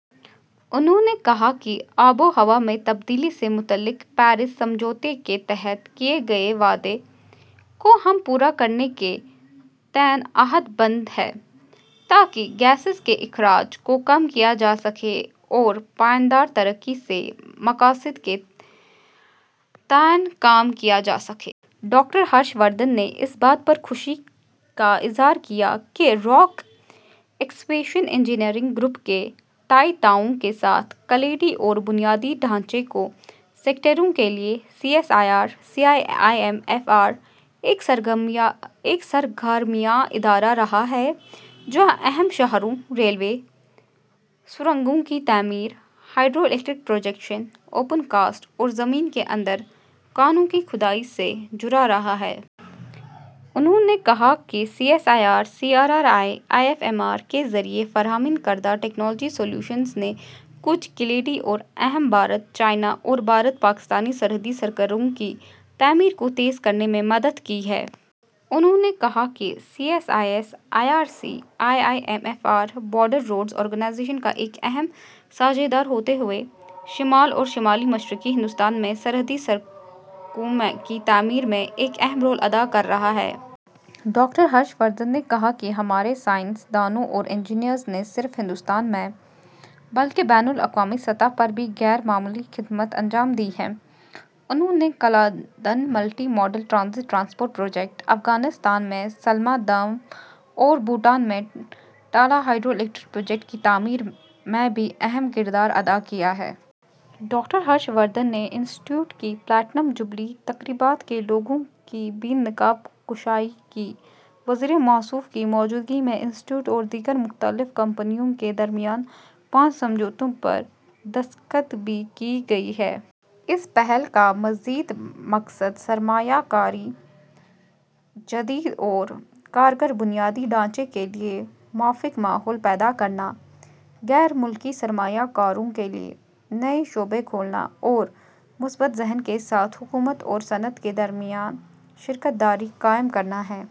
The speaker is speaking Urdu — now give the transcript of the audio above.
نہوں نے کہا کہ آب و ہوا میں تبدیلی سے متعلق پیرس سمجھوتے کے تحت کیے گئے وعدے کو ہم پورا کرنے کے تئیں عہد بند ہیں، تاکہ گیسوں کے اخراج کو کم کیا جا سکے اور پائیدار ترقی کے مقاصد کے تئیں کام کیا جا سکے۔ ڈاکٹر ہرش وردھن نے اس بات پر خوشی کا اظہار کیا کہ راک ایکسکیویشن انجینئرنگ گروپ کے تئیں تعاون کے ساتھ کلیدی اور بنیادی ڈھانچے کے سیکٹروں کے لیے C I M F R ایک سرکردہ ادارہ رہا ہے، جو اہم شاہراہوں، ریلوے، سرنگوں کی تعمیر، ہائیڈرو الیکٹرک پروجیکٹوں، اوپن کاسٹ اور زمین کے اندر کانوں کی کھدائی سے جڑا رہا ہے۔ انہوں نے کہا کہ C S I R C I M F R کے ذریعے فراہم کردہ ٹیکنالوجی سلوشنز نے کچھ کلیدی اور اہم بھارت-چین اور بھارت-پاکستان سرحدی سڑکوں کی تعمیر کو تیز کرنے میں مدد کی ہے۔ انہوں نے کہا کہ C S I R C I M F R, border road organisation کا ایک اہم ساجھیدار ہوتے ہوئے، شمال اور شمال مشرقی ہندوستان میں سرحدی سڑکوں کی تعمیر میں ایک اہم رول ادا کر رہا ہے۔ ڈاکٹر ہرش وردھن نے کہا کہ ہمارے سائنس دانوں اور انجینئروں نے نہ صرف ہندوستان میں بلکہ بین الاقوامی سطح پر بھی غیر معمولی خدمات انجام دی ہیں۔ انہوں نے کالا دان کثیر مقصدی راہداری پروجیکٹ، افغانستان میں سلما ڈیم اور بھوٹان میں تلا پونت سنگ چو ایک اور دو ہائیڈل پروجیکٹ کی تعمیر میں بھی اہم کردار ادا کیا ہے۔ ڈاکٹر ہرش وردھن نے انسٹی ٹیوٹ کی پلاٹینم جوبلی تقریبات کے لوگو کی بھی نقاب کشائی کی۔ وزیر موصوف کی موجودگی میں انسٹی ٹیوٹ اور دیگر مختلف کمپنیوں کے درمیان پانچ سمجھوتوں پر دستخط بھی کیے گئے۔ اس پہل کا مزید مقصد سرمایہ کاری، جدید اور کارگر بنیادی ڈھانچے کے لیے موافق ماحول پیدا کرنا، غیر ملکی سرمایہ کاروں کے لیے نئے شعبے کھولنا اور مثبت ذہن کے ساتھ حکومت اور صنعت کے درمیان شراکت داری قائم کرنا ہے۔